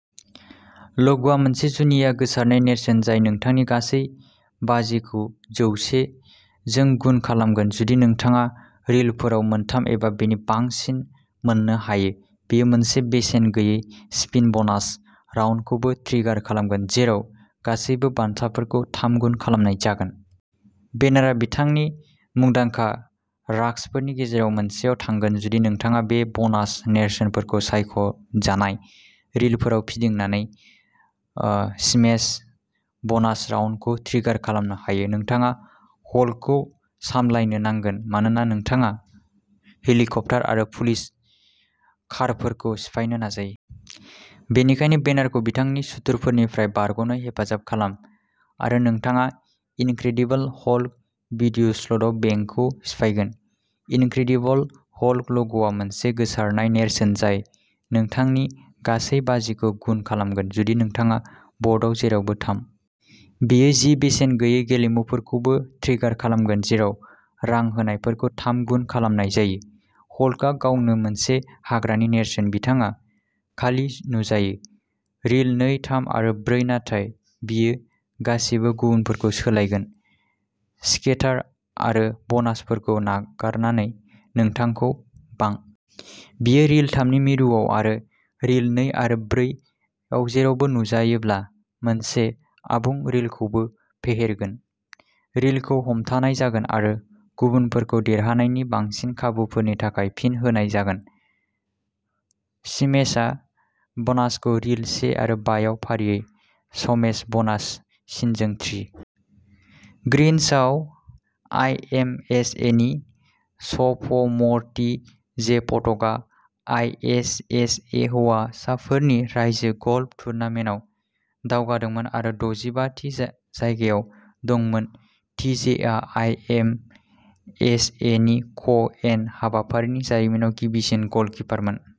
लगआ मोनसे जुनिया गोसारनाय नेरसोन जाय नोंथांनि गासै बाजिखौ जौवसे जों गुन खालामगोन जुदि नोंथाङा रिलफोराव मोनथाम एबा बेनि बांसिन मोननो हायो। बेयो मोनसे बेसेन गैयै स्पिन ब'नास राउन्डखौबो ट्रिगार खालामगोन जेराव गासैबो बान्थाफोरखौ थाम गुन खालामनाय जागोन। बेनारआ बिथांनि मुंदांखा राग्सफोरनि गेजेराव मोनसेआव थांगोन जुदि नोंथाङा बे ब'नास नेरसोनखौ सायख'जानाय रिलफोराव फिदिंनानै ओ स्मेश ब'नास राउन्डखौ ट्रिगार खालामनो हायो। नोंथाङा हल्कखौ सामलायनो नांगोन मानोना बिथाङा हेलिकप्टार आरो पुलिस कारफोरखौ सिफायनो नाजायो। बेनिखायनो बेनारखौ बिथांनि सुथुरफोरनिफ्राय बारग'नो हेफाजाब खालाम आरो नोंथाङा इनक्रेडिबल हल्क भिडिय'स्लटआव बेंकखौ सिफायगोन। इनक्रेडिबल हल्क लगआ मोनसे गोसारनाय नेरसोन जाय नोंथांनि गासै बाजिखौ गुन खालामगोन जुदि नोंथाङा बर्डआव जेरावबो थाम एबा बेनि बांसिन बुथुमो। बेयो जि बेसेन गैयै गेलेमुफोरखौबो ट्रिगार खालामगोन जेराव रां होनायफोरखौ थाम गुन खालामनाय जायो। हल्कआ गावनो मोनसे हाग्रानि नेरसोन। बिथाङा खालि नुजायो। रिल नै थाम आरो ब्रै नाथाय बियो गासिबो गुबुनफोरखौ सोलायगोन स्केटार आरो बनासफोरखौ गारनानै नोंथांखौ बांसिन देरहासारनायाव मदद खालामनो। बियो रिल थामनि मिरुआव आरो रिल नै आरो ब्रै आव जेरावबो नुजायोब्ला मोनसे आबुं रिलखौबो फेहेरगोन। रिलखौ हमथानाय जागोन आरो गुबुनफोरखौ देरहानायनि बांसिन खाबुफोरनि थाखाय फिन होनाय जागोन। स्मेश बनासखौ रिल से आरो बा आव फारियै स्मेश बनास सिनजों ट्रिगार खालामनाय जायो। ग्रीन्सआव आईएमएसएनि स फ मर टी जे पटाकआ आई एच एस ए हौवासाफोरनि रायजो गल्फ टुर्नामेन्टआव दावगादोंमोन आरो दजिबा थि जाय जायगायाव दंमोन। टी जे आ आई एम एस एनि क एड हाबाफारिनि जारिमिनाव गिबिसिन गल खिपारमोन।